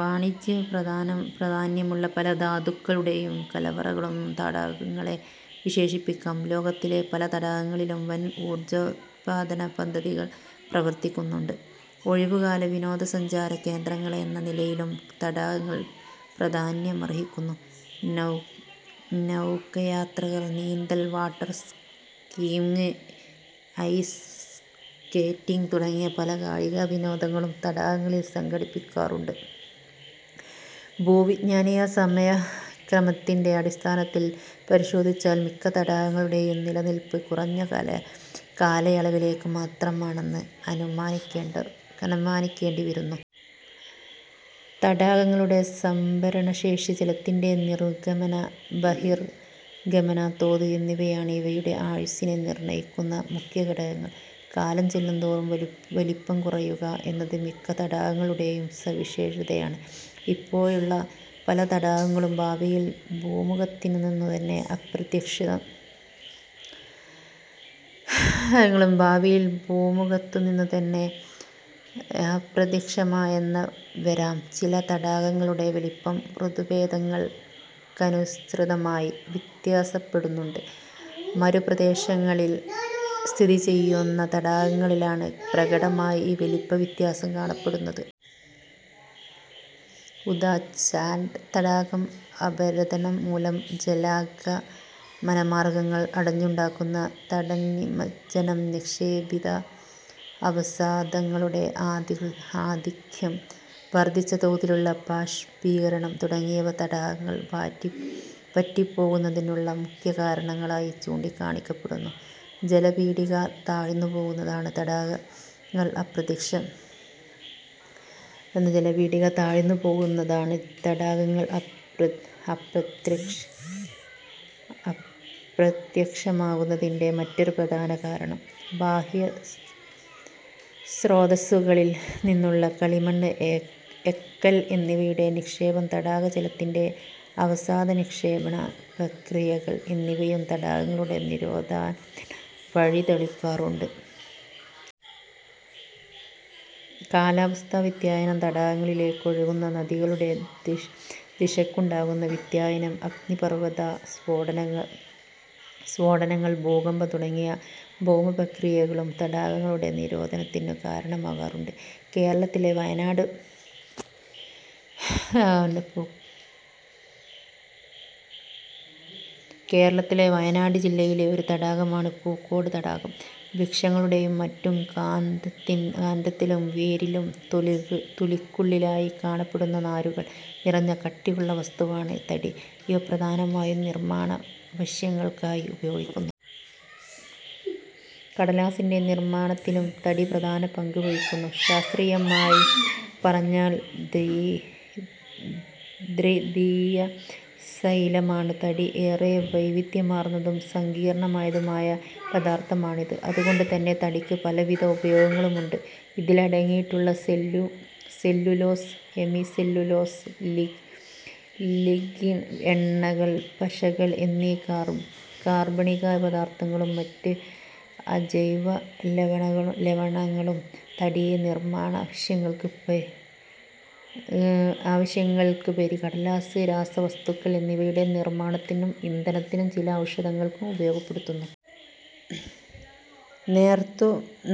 വാണിജ്യപ്രാധാന്യമുള്ള പല ധാതുക്കളുടേയും കലവറകളെന്നും തടാകങ്ങളെ വിശേഷിപ്പിക്കാം. ലോകത്തിലെ പല തടാകങ്ങളിലും വൻ ഊർജ്ജോത്പാദന പദ്ധതികൾ പ്രവർത്തിക്കുന്നുണ്ട്. ഒഴിവുകാല-വിനോദസഞ്ചാര കേന്ദ്രങ്ങളെന്ന നിലയിലും തടാകങ്ങൾ പ്രാധാന്യമർഹിക്കുന്നു. നൌകായാത്രകൾ, നീന്തൽ, വാട്ടർ സ്കീയിങ്, ഐസ് സ്കേറ്റിങ് തുടങ്ങിയ പല കായിക-വിനോദങ്ങളും തടാകങ്ങളിൽ സംഘടിപ്പിക്കാറുണ്ട്. ഭൂവിജ്ഞാനീയ സമയ ക്രമത്തിന്റെ അടിസ്ഥാനത്തിൽ പരിശോധിച്ചാൽ മിക്ക തടാകങ്ങളുടെയും നിലനില്പ് കുറഞ്ഞ കാലയളവിലേക്കു മാത്രമാ ണെന്ന് അനുമാനിക്കേണ്ടിവരുന്നു. തടാകങ്ങളുടെ സംഭരണശേഷി, ജലത്തിന്റെ നിർഗമന-ബഹിർഗമന തോത് എന്നിവയാണ് ഇവയുടെ ആയുസ്സിനെ നിർണയിക്കുന്ന മുഖ്യഘടകങ്ങൾ. കാലം ചെല്ലുന്തോറും വലിപ്പം കുറയുക എന്നത് മിക്ക തടാകങ്ങളുടേ യും സവിശേഷതയാണ്. ഇപ്പോഴുള്ള പല തടാകങ്ങളും ഭാവിയിൽ ഭൂമുഖത്തുനിന്നുതന്നെ അപ്രത്യക്ഷമായെന്നുവരാം. ചില തടാകങ്ങളുടെ വലിപ്പം ഋതുഭേദങ്ങൾക്കനുസൃതമായി വ്യത്യാസപ്പെടുന്നുണ്ട്. മരുപ്രദേശങ്ങളിൽ സ്ഥിതിചെയ്യുന്ന തടാകങ്ങളിലാണ് പ്രകടമായി ഈ വലിപ്പ വ്യത്യാസം കാണപ്പെടുന്നത്. ഉദാ. ഛാഡ് തടാകം. അപരദനംമൂലം ജലാഗമനമാർഗങ്ങൾ അടഞ്ഞുണ്ടാകുന്ന തടനിമജ്ജനം, നിക്ഷേപിത അവസാദങ്ങളുടെ ആധിക്യം, വർധിച്ച തോതിലുള്ള ബാഷ്പീകരണം തുടങ്ങിയവ തടാകങ്ങൾ വറ്റിപ്പോകുന്നതിനുള്ള മുഖ്യകാരണങ്ങളായി ചൂണ്ടിക്കാണിക്കപ്പെടുന്നു. ജലപീഠിക താഴ്ന്നുപോകുന്നതാണ് തടാകങ്ങൾ അപ്രത്യ ക്ഷമാകുന്നതിന്റെ മറ്റൊരു പ്രധാന കാരണം. ബാഹ്യസ്രോതസ്സുക ളിൽ നിന്നുള്ള കളിമണ്ണ്, എക്കൽ എന്നിവയുടെ നിക്ഷേപം, തടാക ജലത്തിന്റെ അവസാദ-നിക്ഷേപണ പ്രക്രിയകൾ എന്നിവയും തടാകങ്ങളുടെ തിരോധാനത്തിനു വഴിതെളിക്കാറുണ്ട്. കാലാവസ്ഥാ വ്യതിയാനം, തടാകങ്ങളിലേക്കൊഴുകുന്ന നദികളുടെ ദിശയ്ക്കുണ്ടാകുന്ന വ്യതിയാനം, അഗ്നിപർവത സ്ഫോടനങ്ങൾ, ഭൂകമ്പം തുടങ്ങിയ ഭൗമപ്രക്രിയകളും തടാകങ്ങളുടെ തിരോധാനത്തിനു കാരണമാകാറുണ്ട്. കേരളത്തിലെ വയനാട് ജില്ലയിലെ ഒരു തടാകമാണ് പൂക്കോട് തടാകം. വൃക്ഷങ്ങളുടേയും മറ്റും കാണ്ഡത്തിലും വേരിലും തൊലിക്കുള്ളിലായി കാണപ്പെടുന്ന നാരുകൾ നിറഞ്ഞ കട്ടിയുള്ള വസ്തുവാണ് തടി. ഇവ പ്രധാനമായും നിർമ്മാണാവശ്യങ്ങൾക്കായി ഉപയോഗിക്കുന്നു. കടലാസിന്റെ നിർമ്മാണത്തിലും തടി പ്രധാന പങ്ക് വഹിക്കുന്നു. ശാസ്ത്രീയമായി പറഞ്ഞാൽ ദ്വിതീയസൈലമാണ് തടി. ഏറെ വൈവിധ്യമാർന്നതും സങ്കീർണമായതുമായ പദാർഥമാണിത്. അതുകൊണ്ടുതന്നെ തടിക്ക് പലവിധ ഉപയോഗങ്ങളുമുണ്ട്. ഇതിലടങ്ങിയിട്ടുള്ള സെല്ലുലോസ്, ഹെമിസെല്ലുലോസ്, ലിഗ്നിൻ, എണ്ണകൾ, പശകൾ എന്നീ കാർബണിക പാദാർഥങ്ങളും മറ്റ് അജൈവ ലവണങ്ങളും തടിയെ നിർമ്മാണാവശ്യങ്ങൾക്കുപരി കടലാസ്, രാസവസ്തുക്കൾ എന്നിവയുടെ നിർമ്മാണത്തിനും ഇന്ധനത്തിനും ചില ഔഷധങ്ങൾക്കും ഉപയോഗപ്പെടുത്തുന്നു.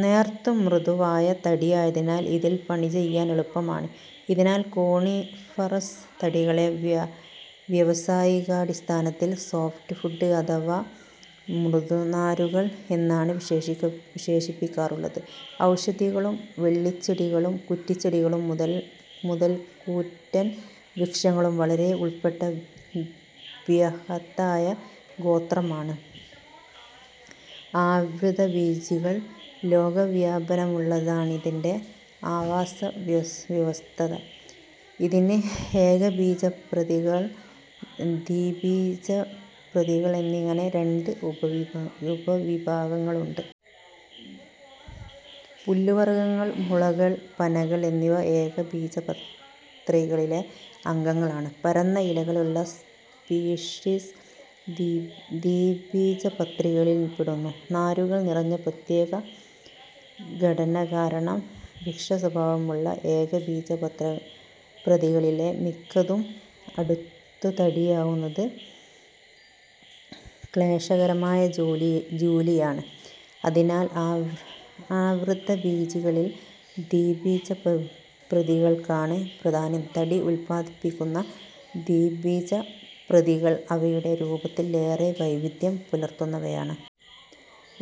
നേർത്തു മൃദുവായ തടിയായതിനാൽ ഇതിൽ പണിചെയ്യാൻ എളുപ്പമാണ്. അതിനാൽ കോണിഫറസ് തടികളെ വ്യാവസായികാടിസ്ഥാനത്തിൽ സോഫ്റ്റ് വുഡ് അഥവാ മൃദുനാരുകൾ എന്നാണ് വിശേഷിപ്പിക്കാറുള്ളത്. ഔഷധികളും വള്ളിച്ചെടികളും കുറ്റിച്ചെടികളും മുതൽ കൂറ്റൻ വൃക്ഷങ്ങൾ വരെ ഉൾപ്പെട്ട ബൃഹത്തായ ഗോത്രമാണ് ആവൃതബീജികൾ. ലോകവ്യാപനമുള്ളതാണിതിന്റെ ആവാസ വ്യവസ്ഥ. ഇതിന് ഏകബീജ പ്രത്രികൾ, ദ്വിബീജ പ്രത്രികൾ എന്നിങ്ങനെ രണ്ട് ഉപവിഭാഗങ്ങളുണ്ട്. പുല്ലുവർഗങ്ങൾ, മുളകൾ, പനകൾ എന്നിവ ഏകബീജപത്രികളിലെ അംഗങ്ങളാണ്. പരന്ന ഇലകളുള്ള സ്പീഷീസ് ദ്വിബീജപത്രികളിൽപ്പെടുന്നു. നാരുകൾ നിറഞ്ഞ പ്രത്യേക ഘടനകാരണം വൃക്ഷസ്വഭാവമുളള ഏകബീജപത്രികളിലെ മിക്കതും അറുത്ത് തടിയാക്കുന്നത് ക്ലേശകരമായ ജോലിയാണ്. അതിനാൽ ആവൃതബീജികളിൽ ദ്വിബീജപത്രികൾക്കാണ് പ്രാധാന്യം. തടി ഉത്പാദിപ്പിക്കുന്ന ദ്വിബീജപത്രികൾ അവയുടെ രൂപത്തിൽ ഏറെ വൈവിധ്യം പുലർത്തുന്നവയാണ്.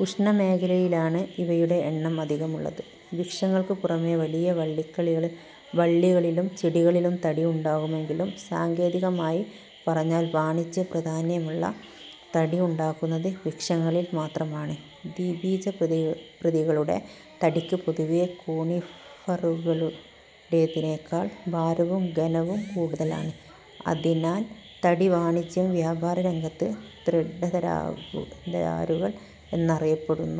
ഉഷ്ണമേഖലയിലാണ് ഇവയുടെ എണ്ണം അധികമുള്ളത്. വൃക്ഷങ്ങൾക്കു പുറമേ വലിയ വള്ളികളിലും ചെടികളിലും തടി ഉണ്ടാകുമെങ്കിലും സാങ്കേതികമായി പറഞ്ഞാൽ വാണിജ്യ പ്രാധാന്യമുള്ള തടി ഉണ്ടാകുന്നത് വൃക്ഷങ്ങളിൽ മാത്രമാണ്. ദ്വിബീജപത്രികളുടെ തടിക്ക് പൊതുവേ കോണിഫറുകളുടേതിനേക്കാൾ ഭാരവും ഘനവും കൂടുതലാണ്. അതിനാൽ തടി വാണിജ്യ വ്യാപാര രംഗത്ത് ദൃഢദാരുകൾ എന്നറിയപ്പെടുന്നു.